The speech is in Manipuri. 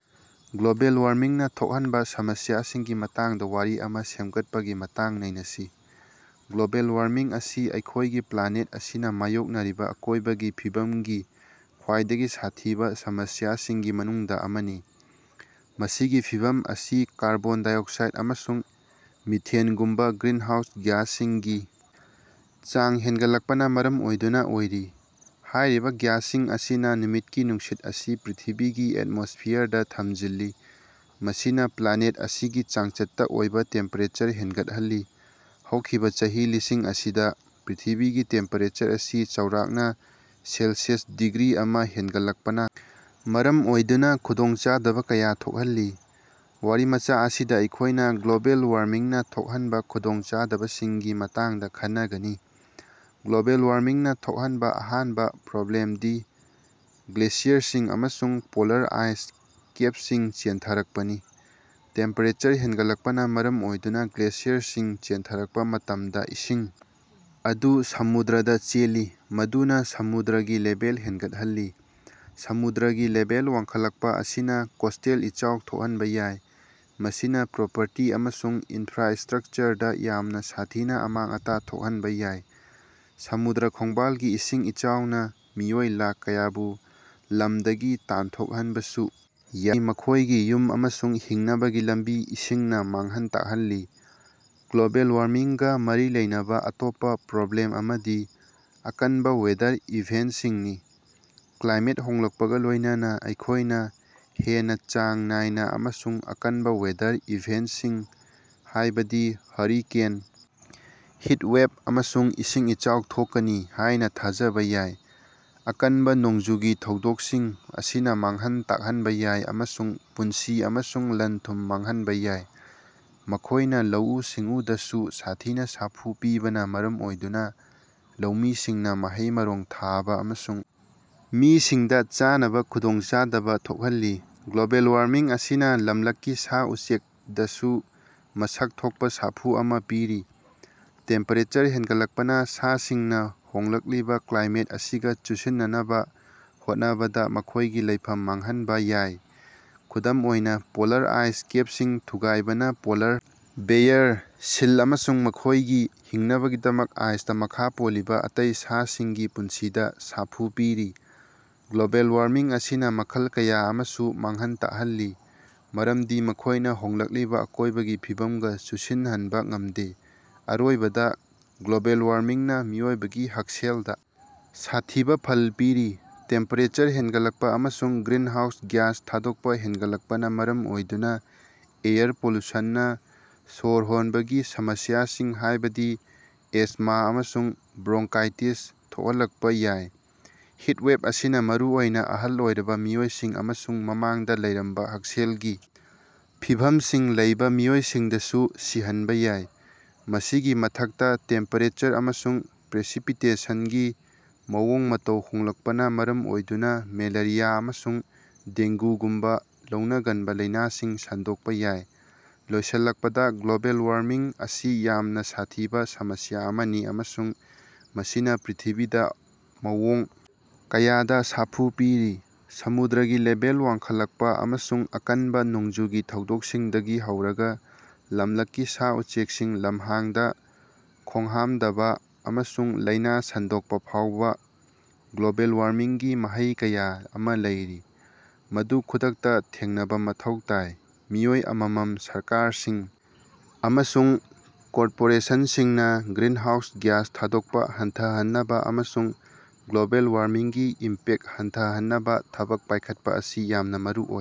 ꯒ꯭ꯂꯣꯕꯦꯜ ꯋꯥꯔꯃꯤꯡꯅꯥ ꯊꯣꯛꯍꯟꯕꯥ ꯁꯃꯁ꯭ꯌꯥꯁꯤꯡꯒꯤ ꯃꯇꯥꯡꯗꯥ ꯋꯥꯔꯤ ꯑꯃꯥ ꯁꯦꯝꯒꯠꯄꯥꯒꯤ ꯃꯇꯥꯡ ꯅꯩꯅꯁꯤ꯫ ꯒ꯭ꯂꯣꯕꯦꯜ ꯋꯥꯔꯃꯤꯡ ꯑꯁꯤ ꯑꯩꯈꯣꯏꯒꯤ ꯄ꯭ꯂꯥꯅꯦꯠ ꯑꯁꯤꯅꯥ ꯃꯥꯌꯣꯛꯅꯔꯤꯕꯥ ꯑꯀꯣꯏꯕꯒꯤ ꯐꯤꯕꯝꯒꯤ ꯈ꯭ꯋꯥꯏꯗꯒꯤ ꯁꯥꯊꯤꯕꯥ ꯁꯃꯁ꯭ꯌꯥꯁꯤꯡꯒꯤ ꯃꯅꯨꯡꯗꯥ ꯑꯃꯅꯤ꯫ ꯃꯁꯤꯒꯤ ꯐꯤꯚꯝ ꯑꯁꯤ ꯀꯥꯔꯕꯣꯟ ꯗꯥꯏꯑꯣꯛꯁꯥꯏꯗ ꯑꯃꯁꯨꯡ ꯃꯤꯊꯦꯟꯒꯨꯝꯕꯥ ꯒ꯭ꯔꯤꯟꯍꯥꯎꯁ ꯒ꯭ꯌꯥꯁꯁꯤꯡꯒꯤ ꯆꯥꯡ ꯍꯦꯟꯒꯠꯂꯛꯄꯅꯥ ꯃꯔꯝ ꯑꯣꯏꯗꯨꯅꯥ ꯑꯣꯏꯔꯤ꯫ ꯍꯥꯏꯔꯤꯕꯥ ꯒ꯭ꯌꯥꯁꯁꯤꯡ ꯑꯁꯤꯅꯥ ꯅꯨꯃꯤꯠꯀꯤ ꯅꯨꯡꯁꯤꯠ ꯑꯁꯤ ꯄ꯭ꯔꯤꯊꯤꯕꯤꯒꯤ ꯑꯦꯠꯃꯣꯁꯐꯤꯌꯔꯗꯥ ꯊꯝꯖꯤꯜꯂꯤ, ꯃꯁꯤꯅꯥ ꯄ꯭ꯂꯥꯅꯦꯠ ꯑꯁꯤꯒꯤ ꯆꯥꯡꯆꯠꯇꯥ ꯑꯣꯏꯕꯥ ꯇꯦꯝꯄꯦꯔꯦꯆꯔ ꯍꯦꯟꯒꯠꯍꯜꯂꯤ꯫ ꯍꯧꯈꯤꯕꯥ ꯆꯍꯤ ꯂꯤꯁꯤꯡ ꯑꯁꯤꯗꯥ ꯄ꯭ꯔꯤꯊꯤꯕꯤꯒꯤ ꯇꯦꯝꯄꯦꯔꯦꯆꯔ ꯑꯁꯤ ꯆꯥꯎꯔꯥꯛꯅꯥ ꯁꯦꯜꯁꯤꯌꯁ ꯗꯤꯒ꯭ꯔꯤ ꯑꯃꯥ ꯍꯦꯟꯒꯠꯂꯛꯄꯅꯥ ꯃꯔꯝ ꯑꯣꯏꯗꯨꯅꯥ ꯈꯨꯗꯣꯡꯆꯥꯗꯕꯥ ꯀꯌꯥ ꯊꯣꯛꯍꯜꯂꯤ꯫ ꯋꯥꯔꯤꯃꯆꯥ ꯑꯁꯤꯗꯥ ꯑꯩꯈꯣꯏꯅꯥ ꯒ꯭ꯂꯣꯕꯦꯜ ꯋꯥꯔꯃꯤꯡꯅꯥ ꯊꯣꯛꯍꯟꯕꯥ ꯈꯨꯗꯣꯡꯆꯥꯗꯕꯁꯤꯡꯒꯤ ꯃꯇꯥꯡꯗꯥ ꯈꯟꯅꯒꯅꯤ꯫ ꯒ꯭ꯂꯣꯕꯦꯜ ꯋꯥꯔꯃꯤꯡꯅꯥ ꯊꯣꯛꯍꯟꯕꯥ ꯑꯍꯥꯟꯕꯥ ꯄ꯭ꯔꯣꯕ꯭ꯂꯦꯝꯗꯤ ꯒ꯭ꯂꯦꯁꯤꯌꯔꯁꯤꯡ ꯑꯃꯁꯨꯡ ꯄꯣꯂꯥꯔ ꯑꯥꯏꯁ ꯀꯦꯞꯁꯤꯡ ꯆꯦꯟꯊꯔꯛꯄꯅꯤ꯫ ꯇꯦꯝꯄꯦꯔꯦꯆꯔ ꯍꯦꯟꯒꯠꯂꯛꯄꯅꯥ ꯃꯔꯝ ꯑꯣꯏꯗꯨꯅꯥ ꯒ꯭ꯂꯦꯁꯤꯌꯔꯁꯤꯡ ꯆꯦꯟꯊꯔꯛꯄꯥ ꯃꯇꯝꯗꯥ ꯏꯁꯤꯡ ꯑꯗꯨ ꯁꯃꯨꯗ꯭ꯔꯗꯥ ꯆꯦꯜꯂꯤ, ꯃꯗꯨꯅꯥ ꯁꯃꯨꯗ꯭ꯔꯒꯤ ꯂꯦꯚꯦꯜ ꯍꯦꯟꯒꯠꯍꯜꯂꯤ꯫ ꯁꯃꯨꯗ꯭ꯔꯒꯤ ꯂꯦꯚꯦꯜ ꯋꯥꯡꯈꯠꯂꯛꯄꯥ ꯑꯁꯤꯅꯥ ꯀꯣꯁꯇꯦꯜ ꯏꯆꯥꯎ ꯊꯣꯛꯍꯟꯕꯥ ꯌꯥꯏ, ꯃꯁꯤꯅꯥ ꯄ꯭ꯔꯣꯄꯔꯇꯤ ꯑꯃꯁꯨꯡ ꯏꯅꯐ꯭ꯔꯥꯁꯇ꯭ꯔꯛꯆꯔꯗꯥ ꯌꯥꯝꯅꯥ ꯁꯥꯊꯤꯅꯥ ꯑꯃꯥꯡ-ꯑꯇꯥ ꯊꯣꯛꯍꯟꯕꯥ ꯌꯥꯏ꯫ ꯁꯃꯨꯗ꯭ꯔ ꯈꯣꯡꯕꯥꯜꯒꯤ ꯏꯁꯤꯡ ꯏꯆꯥꯎꯅꯥ ꯃꯤꯑꯣꯏ ꯂꯥꯈ ꯀꯌꯥꯕꯨ ꯂꯝꯗꯒꯤ ꯇꯥꯟꯊꯣꯛꯍꯟꯕꯁꯨ ꯌꯥꯏ, ꯃꯔꯝꯗꯤ ꯃꯈꯣꯏꯒꯤ ꯌꯨꯝ ꯑꯃꯁꯨꯡ ꯍꯤꯡꯅꯕꯒꯤ ꯂꯝꯕꯤ ꯏꯁꯤꯡꯅꯥ ꯃꯥꯡꯍꯟ ꯇꯥꯛꯍꯜꯂꯤ꯫ ꯒ꯭ꯂꯣꯕꯦꯜ ꯋꯥꯔꯃꯤꯡꯒꯥ ꯃꯔꯤ ꯂꯩꯅꯕꯥ ꯑꯇꯣꯞꯄꯥ ꯄ꯭ꯔꯣꯕ꯭ꯂꯦꯝ ꯑꯃꯗꯤ ꯑꯀꯟꯕꯥ ꯋꯦꯗꯔ ꯏꯚꯦꯟꯁꯤꯡꯅꯤ꯫ ꯀ꯭ꯂꯥꯏꯃꯦꯠ ꯍꯣꯡꯂꯛꯄꯒꯥ ꯂꯣꯏꯅꯅꯥ ꯑꯩꯈꯣꯏꯅꯥ ꯍꯦꯟꯅꯥ ꯆꯥꯡ ꯅꯥꯏꯅꯥ ꯑꯃꯁꯨꯡ ꯑꯀꯟꯕꯥ ꯋꯦꯗꯔ ꯏꯚꯦꯟꯇꯁꯤꯡ ꯍꯥꯏꯕꯗꯤ ꯍꯨꯔꯤꯀꯦꯟ, ꯍꯤꯠ ꯋꯦꯚ ꯑꯃꯁꯨꯡ ꯏꯁꯤꯡ ꯏꯆꯥꯎ ꯊꯣꯛꯀꯅꯤ ꯍꯥꯏꯅꯥ ꯊꯥꯖꯕꯥ ꯌꯥꯏ꯫ ꯑꯀꯟꯕꯥ ꯅꯣꯡꯖꯨꯒꯤ ꯊꯧꯗꯣꯛꯁꯤꯡ ꯑꯁꯤꯅꯥ ꯃꯥꯡꯍꯟ ꯇꯥꯛꯍꯟꯕꯥ ꯌꯥꯏ ꯑꯃꯁꯨꯡ ꯄꯨꯟꯁꯤ ꯑꯃꯁꯨꯡ ꯂꯟ-ꯊꯨꯝ ꯃꯥꯡꯍꯟꯕꯥ ꯌꯥꯏ꯫ ꯃꯈꯣꯏꯅꯥ ꯂꯧꯎ-ꯁꯤꯡꯎꯗꯁꯨ ꯁꯥꯊꯤꯅꯥ ꯁꯥꯐꯨ ꯄꯤꯕꯅꯥ ꯃꯔꯝ ꯑꯣꯏꯗꯨꯅꯥ ꯂꯧꯃꯤꯁꯤꯡꯅꯥ ꯃꯍꯩ-ꯃꯔꯣꯡ ꯊꯥꯕꯥ ꯑꯃꯁꯨꯡ ꯃꯤꯁꯤꯡꯗꯥ ꯆꯥꯅꯕꯥ ꯈꯨꯗꯣꯡꯆꯥꯗꯕꯥ ꯊꯣꯛꯍꯜꯂꯤ꯫ ꯒ꯭ꯂꯣꯕꯦꯜ ꯋꯥꯔꯃꯤꯡ ꯑꯁꯤꯅꯥ ꯂꯝꯂꯛꯀꯤ ꯁꯥ-ꯎꯆꯦꯛꯗꯁꯨ ꯃꯁꯛ ꯊꯣꯛꯄꯥ ꯁꯥꯐꯨ ꯑꯃꯥ ꯄꯤꯔꯤ꯫ ꯇꯦꯝꯄꯦꯔꯦꯆꯔ ꯍꯦꯟꯒꯠꯂꯛꯄꯅꯥ ꯁꯥꯁꯤꯡꯅꯥ ꯍꯣꯡꯂꯛꯂꯤꯕꯥ ꯀ꯭ꯂꯥꯏꯃꯦꯠ ꯑꯁꯤꯒꯥ ꯆꯨꯁꯤꯟꯅꯅꯕꯥ ꯍꯣꯠꯅꯕꯗꯥ ꯃꯈꯣꯏꯒꯤ ꯂꯩꯐꯝ ꯃꯥꯡꯍꯟꯕꯥ ꯌꯥꯏ꯫ ꯈꯨꯗꯝ ꯑꯣꯏꯅꯥ, ꯄꯣꯂꯥꯔ ꯑꯥꯏꯁ ꯀꯦꯞꯁꯤꯡ ꯊꯨꯒꯥꯏꯕꯅꯥ ꯄꯣꯂꯥꯔ ꯕꯦꯌꯥꯔ, ꯁꯤꯜ ꯑꯃꯁꯨꯡ ꯃꯈꯣꯏꯒꯤ ꯍꯤꯡꯅꯕꯒꯤꯗꯃꯛ ꯑꯥꯏꯁꯇꯥ ꯃꯈꯥ ꯄꯣꯜꯂꯤꯕꯥ ꯑꯇꯩ ꯁꯥꯁꯤꯡꯒꯤ ꯄꯨꯟꯁꯤꯗꯥ ꯁꯥꯐꯨ ꯄꯤꯔꯤ꯫ ꯒ꯭ꯂꯣꯕꯦꯜ ꯋꯥꯔꯃꯤꯡ ꯑꯁꯤꯅꯥ ꯃꯈꯜ ꯀꯌꯥ ꯑꯃꯁꯨ ꯃꯥꯡꯍꯟ ꯇꯥꯛꯍꯜꯂꯤ, ꯃꯔꯝꯗꯤ ꯃꯈꯣꯏꯅꯥ ꯍꯣꯡꯂꯛꯂꯤꯕꯥ ꯑꯀꯣꯏꯕꯒꯤ ꯐꯤꯕꯝꯒꯥ ꯆꯨꯁꯤꯟꯅꯍꯟꯕꯥ ꯉꯝꯗꯦ꯫ ꯑꯔꯣꯏꯕꯗꯥ, ꯒ꯭ꯂꯣꯕꯦꯜ ꯋꯥꯔꯃꯤꯡꯅꯥ ꯃꯤꯑꯣꯏꯕꯒꯤ ꯍꯛꯁꯦꯜꯗꯥ ꯁꯥꯊꯤꯕꯥ ꯐꯜ ꯄꯤꯔꯤ꯫ ꯇꯦꯝꯄꯦꯔꯦꯆꯔ ꯍꯦꯟꯒꯠꯂꯛꯄꯥ ꯑꯃꯁꯨꯡ ꯒ꯭ꯔꯤꯟꯍꯥꯎꯁ ꯒ꯭ꯌꯥꯁ ꯊꯥꯗꯣꯛꯄꯥ ꯍꯦꯟꯒꯠꯂꯛꯄꯅꯥ ꯃꯔꯝ ꯑꯣꯏꯗꯨꯅꯥ ꯑꯦꯌꯔ ꯄꯣꯂꯨꯁꯟꯅꯥ ꯁ꯭ꯋꯔ ꯍꯣꯟꯕꯒꯤ ꯁꯃꯁ꯭ꯌꯥꯁꯤꯡ ꯍꯥꯏꯕꯗꯤ ꯑꯦꯖꯃꯥ ꯑꯃꯁꯨꯡ ꯕ꯭ꯔꯣꯡꯀꯥꯏꯇꯤꯁ ꯊꯣꯛꯍꯜꯂꯛꯄꯥ ꯌꯥꯏ꯫ ꯍꯤꯠꯋꯦꯚ ꯑꯁꯤꯅꯥ ꯃꯔꯨꯑꯣꯏꯅꯥ ꯑꯍꯜ ꯑꯣꯏꯔꯕꯥ ꯃꯤꯑꯣꯏꯁꯤꯡ ꯑꯃꯁꯨꯡ ꯃꯃꯥꯡꯗꯥ ꯂꯩꯔꯝꯕꯥ ꯍꯛꯁꯦꯂꯒꯤ ꯐꯤꯚꯝꯁꯤꯡ ꯂꯩꯕꯥ ꯃꯤꯑꯣꯏꯁꯤꯡꯗꯁꯨ ꯁꯤꯍꯟꯕꯥ ꯌꯥꯏ꯫ ꯃꯁꯤꯒꯤ ꯃꯊꯛꯇꯥ, ꯇꯦꯝꯄꯦꯔꯦꯆꯔ ꯑꯃꯁꯨꯡ ꯄ꯭ꯔꯦꯁꯤꯄꯤꯇꯦꯁꯟꯒꯤ ꯃꯑꯣꯡ-ꯃꯇꯧ ꯍꯣꯡꯂꯛꯄꯅꯥ ꯃꯔꯝ ꯑꯣꯏꯗꯨꯅꯥ ꯃꯦꯂꯦꯔꯤꯌꯥ ꯑꯃꯁꯨꯡ ꯗꯦꯡꯒꯨꯒꯨꯝꯕꯥ ꯂꯧꯅꯒꯟꯕꯥ ꯂꯥꯏꯅꯥꯁꯤꯡ ꯁꯟꯗꯣꯛꯄꯥ ꯌꯥꯏ꯫ ꯂꯣꯏꯁꯤꯜꯂꯛꯄꯗꯥ, ꯒ꯭ꯂꯣꯕꯦꯜ ꯋꯥꯔꯃꯤꯡ ꯑꯁꯤ ꯌꯥꯝꯅꯥ ꯁꯥꯊꯤꯕꯥ ꯁꯃꯁ꯭ꯌꯥ ꯑꯃꯅꯤ ꯑꯃꯁꯨꯡ ꯃꯁꯤꯅꯥ ꯄ꯭ꯔꯤꯊꯤꯕꯤꯗꯥ ꯃꯑꯣꯡ ꯀꯌꯥꯗꯥ ꯁꯥꯐꯨ ꯄꯤꯔꯤ꯫ ꯁꯃꯨꯗ꯭ꯔꯒꯤ ꯂꯦꯚꯦꯜ ꯋꯥꯡꯈꯠꯂꯛꯄꯥ ꯑꯃꯁꯨꯡ ꯑꯀꯟꯕꯥ ꯅꯣꯡꯖꯨꯒꯤ ꯊꯧꯗꯣꯛꯁꯤꯡꯗꯒꯤ ꯍꯧꯔꯒꯥ ꯂꯝꯂꯛꯀꯤ ꯁꯥ-ꯎꯆꯦꯛꯁꯤꯡ ꯂꯝꯍꯥꯡꯗꯥ ꯈꯣꯡꯍꯥꯝꯗꯕꯥ ꯑꯃꯁꯨꯡ ꯂꯥꯏꯅꯥ ꯁꯟꯗꯣꯛꯄꯥ ꯐꯥꯎꯕꯥ, ꯒ꯭ꯂꯣꯕꯦꯜ ꯋꯥꯔꯃꯤꯡꯒꯤ ꯃꯍꯩ ꯀꯌꯥ ꯑꯃꯥ ꯂꯩꯔꯤ, ꯃꯗꯨ ꯈꯨꯗꯛꯇꯥ ꯊꯦꯡꯅꯕꯥ ꯃꯊꯧ ꯇꯥꯏ꯫ ꯃꯤꯑꯣꯏ ꯑꯃꯃꯝ, ꯁꯔꯀꯥꯔꯁꯤꯡ ꯑꯃꯁꯨꯡ ꯀꯣꯔꯄꯣꯔꯦꯁꯟꯁꯤꯡꯅꯥ ꯒ꯭ꯔꯤꯟꯍꯥꯎꯁ ꯒ꯭ꯌꯥꯁ ꯊꯥꯗꯣꯛꯄꯥ ꯍꯟꯊꯍꯟꯅꯕꯥ ꯑꯃꯁꯨꯡ ꯒ꯭ꯂꯣꯕꯦꯜ ꯋꯥꯔꯃꯤꯡꯒꯤ ꯏꯝꯄꯦꯛ ꯍꯟꯊꯍꯟꯅꯕꯥ ꯊꯕꯛ ꯄꯥꯏꯈꯠꯄꯥ ꯑꯁꯤ ꯌꯥꯝꯅꯥ ꯃꯔꯨꯑꯣꯏ꯫